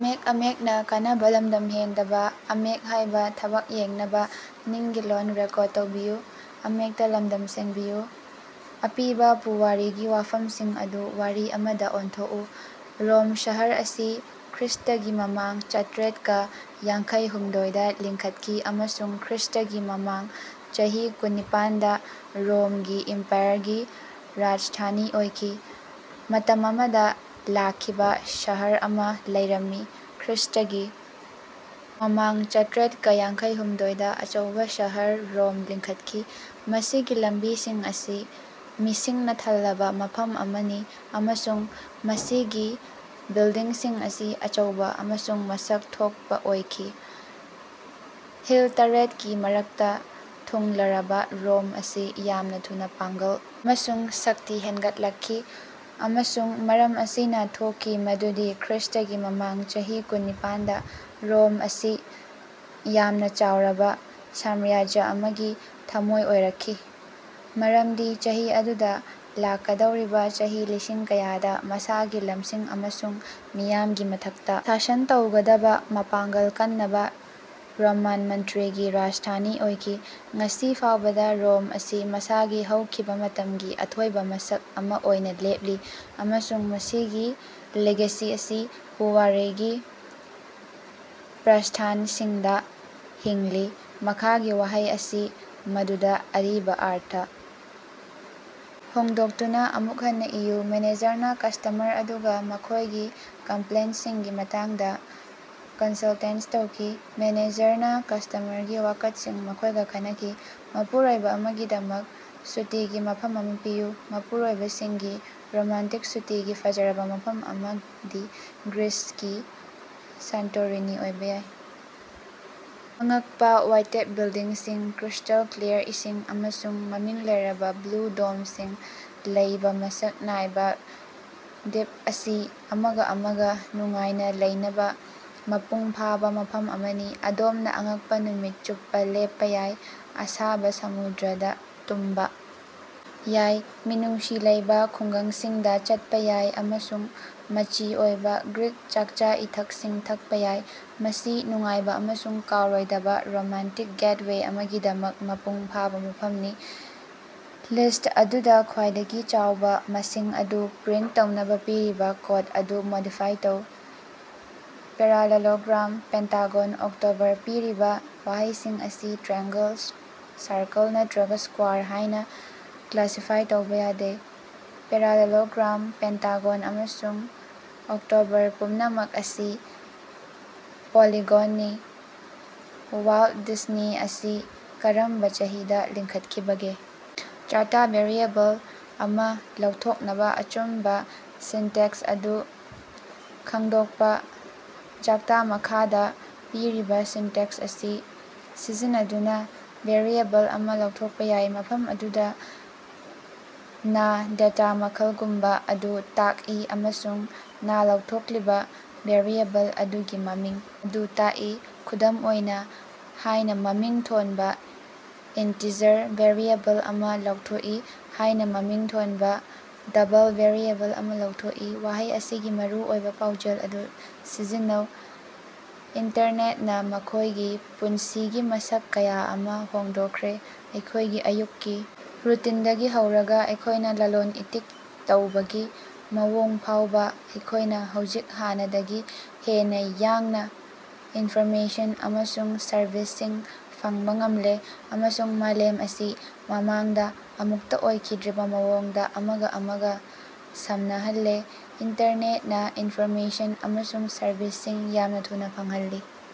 ꯑꯄꯤꯕ ꯄꯨꯋꯥꯔꯤꯒꯤ ꯋꯥꯐꯝꯁꯤꯡ ꯑꯗꯨ ꯋꯥꯔꯤ ꯑꯃꯗ ꯑꯣꯟꯊꯣꯛꯎ꯫ ꯔꯣꯝ ꯁꯍꯔ ꯑꯁꯤ ꯈ꯭ꯔ꯭ꯏꯁ꯭ꯇꯒꯤ ꯃꯃꯥꯡ ꯆꯥꯇ꯭ꯔꯦꯠꯀ ꯌꯥꯡꯈꯩꯍꯨꯝꯗꯣꯏ ꯗ ꯂꯤꯡꯈꯠꯈꯤ ꯑꯃꯁꯨꯡ ꯈ꯭ꯔ꯭ꯏꯁ꯭ꯇꯒꯤ ꯃꯃꯥꯡ ꯆꯍꯤ ꯀꯨꯟꯅꯤꯄꯥꯟ ꯗ ꯔꯣꯃꯒꯤ ꯏꯝꯄꯥꯌꯔꯒꯤ ꯔꯥꯖꯙꯥꯅꯤ ꯑꯣꯏꯈꯤ꯫ ꯃꯇꯝ ꯑꯃꯗ ꯂꯥꯛꯈꯤꯕ ꯁꯍꯔ ꯑꯃ ꯂꯩꯔꯝꯃꯤ꯫ ꯈ꯭ꯔ꯭ꯏꯁ꯭ꯇꯒꯤ ꯃꯃꯥꯡ ꯆꯥꯇ꯭ꯔꯦꯠꯀ ꯌꯥꯡꯈꯩꯍꯨꯝꯗꯣꯏ ꯗ ꯑꯆꯧꯕ ꯁꯍꯔ ꯔꯣꯝ ꯂꯤꯡꯈꯠꯈꯤ꯫ ꯃꯁꯤꯒꯤ ꯂꯝꯕꯤꯁꯤꯡ ꯑꯁꯤ ꯃꯤꯁꯤꯡꯅ ꯊꯜꯂꯕ ꯃꯐꯝ ꯑꯃꯅꯤ ꯑꯃꯁꯨꯡ ꯃꯁꯤꯒꯤ ꯕꯤꯜꯗꯤꯡꯁꯤꯡ ꯑꯁꯤ ꯑꯆꯧꯕ ꯑꯃꯁꯨꯡ ꯃꯁꯛ ꯊꯣꯛꯄꯥꯑꯣꯏꯈꯤ꯫ ꯍꯤꯜ ꯇꯔꯦꯠ ꯀꯤ ꯃꯔꯛꯇ ꯊꯨꯡꯂꯔꯕ ꯔꯣꯝ ꯑꯁꯤ ꯌꯥꯝꯅ ꯊꯨꯅ ꯄꯥꯡꯒꯜ ꯑꯃꯁꯨꯡ ꯁꯛꯇꯤ ꯍꯦꯟꯒꯠꯂꯛꯈꯤ꯫ ꯑꯃꯁꯨꯡ ꯃꯔꯝ ꯑꯁꯤꯅ, ꯊꯣꯛꯈꯤ ꯃꯗꯨꯗꯤ ꯈ꯭ꯔ꯭ꯏꯁ꯭ꯇꯒꯤ ꯃꯃꯥꯡ ꯆꯍꯤ ꯀꯨꯟꯅꯤꯄꯥꯟ ꯗ ꯔꯣꯝ ꯑꯁꯤ ꯌꯥꯝꯅ ꯆꯥꯎꯔꯕ ꯁꯥꯝꯔꯥꯖ꯭ꯌ ꯑꯃꯒꯤ ꯊꯃꯣꯏ ꯑꯣꯏꯔꯛꯈꯤ꯫ ꯃꯔꯝꯗꯤ ꯆꯍꯤ ꯑꯗꯨꯗ ꯂꯥꯛꯀꯗꯧꯔꯤꯕ ꯆꯍꯤ ꯂꯤꯁꯤꯡ ꯀꯌꯥꯗ ꯃꯁꯥꯒꯤ ꯂꯝꯁꯤꯡ ꯑꯃꯁꯨꯡ ꯃꯤꯌꯥꯝꯒꯤ ꯃꯊꯛꯇ ꯁꯥꯁꯟ ꯇꯧꯒꯗꯕ ꯃꯄꯥꯡꯒꯜ ꯀꯅꯕ ꯔꯣꯃꯥꯟ ꯃꯟꯇ꯭ꯔꯤꯒꯤ ꯔꯥꯖꯙꯥꯅꯤ ꯑꯣꯏꯈꯤ꯫ ꯉꯁꯤ ꯐꯥꯎꯕꯗ ꯔꯣꯝ ꯑꯁꯤ ꯃꯁꯥꯒꯤ ꯍꯧꯈꯤꯕ ꯃꯇꯝꯒꯤ ꯑꯊꯣꯏꯕ ꯃꯁꯛ ꯑꯃꯥ ꯑꯣꯏꯅ ꯂꯦꯞꯂꯤ, ꯑꯃꯁꯨꯡ ꯃꯁꯤꯒꯤ ꯂꯤꯒꯦꯁꯤ ꯑꯁꯤ ꯄꯨꯋꯥꯔꯤꯒꯤ ꯄ꯭ꯔ꯭ꯏꯁ꯭ꯊꯥꯁꯤꯡꯗ ꯍꯤꯡꯂꯤ꯫ ꯃꯈꯥꯒꯤ ꯋꯥꯍꯩ ꯑꯁꯤ ꯃꯗꯨꯒꯤ ꯑꯔꯤꯕ ꯑꯔꯊ ꯍꯣꯡꯗꯣꯛꯇꯨꯅ ꯑꯃꯨꯛ ꯍꯟꯅ ꯏꯌꯨ: ꯃꯦꯅꯦꯖꯔꯅ ꯀꯁꯇꯃꯔ ꯑꯗꯨꯒ ꯃꯈꯣꯢꯒꯤ ꯀꯝꯄ꯭ꯂꯦꯟꯇꯁꯤꯡꯒꯤ ꯃꯇꯥꯡꯗ ꯀꯟꯁꯜꯇꯦꯁꯟ ꯇꯧꯈꯤ꯫' 'ꯃꯦꯅꯦꯖꯔꯅ ꯀꯁꯇꯃꯔꯒꯤ ꯋꯥꯀꯠꯁꯤꯡ ꯃꯈꯣꯏꯒ ꯈꯟꯅꯈꯤ꯫ ꯃꯄꯨꯔꯣꯏꯕ ꯑꯃꯒꯤꯗꯃꯛ ꯁꯨꯇꯤꯒꯤ ꯃꯐꯝ ꯑꯃ ꯄꯤꯌꯨ꯫ ꯃꯄꯨꯔꯣꯏꯕꯁꯤꯡꯒꯤ ꯔꯣꯃꯥꯟꯇꯤꯛ ꯁꯨꯇꯤꯒꯤ ꯐꯖꯔꯕ ꯃꯐꯝ ꯑꯃꯗꯤ ꯒ꯭ꯔꯤꯁꯀꯤ ꯁꯥꯟꯇꯣꯔꯤꯅꯤ ꯑꯣꯏꯕ ꯌꯥꯏ꯫ ꯑꯉꯛꯄ ꯋꯥꯏꯇꯦꯞ ꯕꯤꯜꯗꯤꯡꯁꯤꯡ, ꯀ꯭ꯔ꯭ꯤꯁꯇꯦꯜ ꯀ꯭ꯂꯤꯌꯥꯔ ꯏꯁꯤꯡ, ꯑꯃꯁꯨꯡ ꯃꯃꯤꯡ ꯂꯩꯔꯕ ꯕ꯭ꯂꯨ ꯗꯣꯝꯁꯤꯡ ꯂꯩꯕ ꯃꯁꯛ ꯅꯥꯏꯕ ꯗ꯭ꯕꯤꯞ ꯑꯁꯤ ꯑꯃꯒ ꯑꯃꯒ ꯅꯨꯡꯉꯥꯏꯅ ꯂꯩꯅꯕ ꯃꯄꯨꯡ ꯐꯥꯕ ꯃꯐꯝ ꯑꯃꯅꯤ꯫ ꯑꯗꯣꯝꯅ ꯑꯉꯛꯄ ꯅꯨꯃꯤꯠ ꯆꯨꯞꯄ ꯂꯦꯞꯄ ꯌꯥꯏ, ꯑꯁꯥꯕ ꯁꯃꯨꯗ꯭ꯔꯗ ꯇꯨꯝꯕ ꯌꯥꯏ, ꯃꯤꯅꯨꯡꯁꯤ ꯂꯩꯕ ꯈꯨꯡꯒꯪꯁꯤꯡꯗ ꯆꯠꯄ ꯌꯥꯏ ꯑꯃꯁꯨꯡ ꯃꯆꯤ ꯑꯣꯏꯕ ꯒ꯭ꯔꯤꯛ ꯆꯥꯛꯆꯥ-ꯏꯊꯛꯁꯤꯡ ꯊꯛꯄ ꯌꯥꯏ꯫ ꯃꯁꯤ ꯅꯨꯡꯉꯥꯏꯕ ꯑꯃꯁꯨꯡ ꯀꯥꯎꯔꯣꯏꯗꯕ ꯔꯣꯃꯥꯟꯇꯤꯛ ꯒꯦꯇꯋꯦ ꯑꯃꯒꯤꯗꯃꯛ ꯃꯄꯨꯡ ꯐꯥꯕ ꯃꯐꯝꯅꯤ꯫ ꯂꯤꯁꯠ ꯑꯗꯨꯗ ꯈ꯭ꯋꯥꯏꯗꯒꯤ ꯆꯥꯎꯕ ꯃꯁꯤꯡ ꯑꯗꯨ ꯄ꯭ꯔꯤꯟꯇ ꯇꯧꯅꯕ ꯄꯤꯔꯤꯕ ꯀꯣꯗ ꯑꯗꯨ ꯃꯣꯗꯤꯐꯥꯏ ꯇꯧ꯫ Parallelogram, pentagon, October. ꯄꯤꯔꯤꯕ ꯋꯥꯍꯩꯁꯤꯡ ꯑꯁꯤ ꯇ꯭ꯔꯥꯏꯑꯦꯡꯒꯜ, ꯁꯥꯔꯀꯜ ꯅꯠꯇꯔꯒ ꯁ꯭ꯀ꯭ꯨꯋꯥꯔ ꯍꯥꯏꯅ ꯀ꯭ꯂꯥꯁꯤꯐꯥꯏ ꯇꯧꯕ ꯌꯥꯗꯦ꯫ ꯄꯦꯔꯥꯂꯦꯂꯣꯒ꯭ꯔꯥꯝ, ꯄꯦꯟꯇꯥꯒꯣꯟ ꯑꯃꯁꯨꯡ ꯑꯣꯛꯇꯣꯕꯔ ꯄꯨꯝꯅꯃꯛ ꯑꯁꯤ ꯄꯣꯂꯤꯒꯣꯟꯅꯤ꯫ ꯋꯥꯜꯇ ꯗꯤꯖꯅꯤ ꯑꯁꯤ ꯀꯔꯝꯕ ꯆꯍꯤꯗ ꯂꯤꯡꯈꯠꯈꯤꯕꯒꯦ? ꯖꯥꯚꯗꯥ ꯚꯦꯔꯤꯑꯦꯕꯜ ꯑꯃ ꯂꯧꯊꯣꯛꯅꯕ ꯑꯆꯨꯝꯕ ꯁꯤꯟꯇꯦꯛꯁ ꯑꯗꯨ ꯈꯪꯗꯣꯛꯄ꯫ ꯖꯥꯚꯗꯥ, ꯃꯈꯥꯗ ꯄꯤꯔꯤꯕ ꯁꯤꯟꯇꯦꯛꯁ ꯑꯁꯤ ꯁꯤꯖꯤꯟꯅꯗꯨꯅ ꯚꯦꯔꯤꯑꯦꯕꯜ ꯑꯃ ꯂꯥꯎꯊꯣꯛꯄ ꯌꯥꯏ, ꯃꯐꯝ ꯑꯗꯨꯗ ꯅꯥ ꯗꯦꯇꯥ ꯃꯈꯜ ( ꯒꯨꯝꯕ) ꯑꯗꯨ ꯇꯥꯛꯏ ꯑꯃꯁꯨꯡ ꯅꯥ ꯂꯥꯎꯊꯣꯛꯂꯤꯕ ꯚꯦꯔꯤꯑꯦꯕꯜ ꯑꯗꯨꯒꯤ ꯃꯃꯤꯡ ꯑꯗꯨ ꯇꯥꯛꯏ꯫ ꯈꯨꯗꯝ ꯑꯣꯏꯅ, ꯍꯥꯏꯅ ꯃꯃꯤꯡ ꯊꯣꯟꯕ ꯏꯟꯇꯤꯖꯔ ꯚꯦꯔꯤꯑꯦꯕꯜ ꯑꯃ ꯂꯥꯎꯊꯣꯛꯏ; ꯍꯥꯏꯅ ꯃꯃꯤꯡ ꯊꯣꯟꯕ ꯗꯕꯜ ꯚꯦꯔꯤꯑꯦꯕꯜ ꯑꯃ ꯂꯥꯎꯊꯣꯛꯏ꯫ ꯋꯥꯍꯩ ꯑꯁꯤꯒꯤ ꯃꯔꯨꯑꯣꯏꯕ ꯄꯥꯎꯖꯦꯜ ꯑꯗꯨ ꯁꯝꯖꯤꯟꯅꯧ꯫ ꯏꯟꯇꯔꯅꯦꯠꯅ ꯑꯩꯈꯣꯏꯒꯤ ꯄꯨꯟꯁꯤꯒꯤ ꯃꯁꯛ ꯀꯌꯥ ꯑꯃꯥ ꯍꯣꯡꯗꯣꯛꯈ꯭ꯔꯦ, ꯑꯩꯈꯣꯏꯒꯤ ꯑꯌꯨꯛꯀꯤ ꯔꯨꯇꯤꯟꯗꯒꯤ ꯍꯧꯔꯒ ꯑꯩꯈꯣꯏꯅ ꯂꯂꯣꯟ-ꯏꯇꯤꯛ ꯇꯧꯕꯒꯤ ꯃꯑꯣꯡ ꯐꯥꯎꯕ꯫ ꯑꯩꯈꯣꯏꯅ ꯍꯧꯖꯤꯛ ꯍꯥꯟꯅꯗꯒꯤ ꯍꯦꯟꯅ ꯌꯥꯡꯅ ꯏꯟꯐꯣꯔꯃꯦꯁꯟ ꯑꯃꯁꯨꯡ ꯁꯔꯕꯤꯁꯁꯤꯡ ꯐꯪꯕ ꯉꯝꯂꯦ ꯑꯃꯁꯨꯡ ꯃꯥꯂꯦꯝ ꯑꯁꯤ ꯃꯃꯥꯡꯗ ꯑꯃꯨꯛꯇ ꯑꯣꯏꯈꯤꯗ꯭ꯔꯤꯕ ꯃꯑꯣꯡꯗ ꯑꯃꯒ ꯑꯃꯒ ꯁꯝꯅꯍꯜꯂꯦ꯫ ꯏꯟꯇꯔꯅꯦꯠꯅ ꯏꯟꯐꯣꯔꯃꯦꯁꯟ ꯑꯃꯁꯨꯡ ꯁꯔꯕꯤꯁꯁꯤꯡ ꯌꯥꯝꯅ ꯊꯨꯅ ꯐꯪꯍꯜꯂꯤ꯫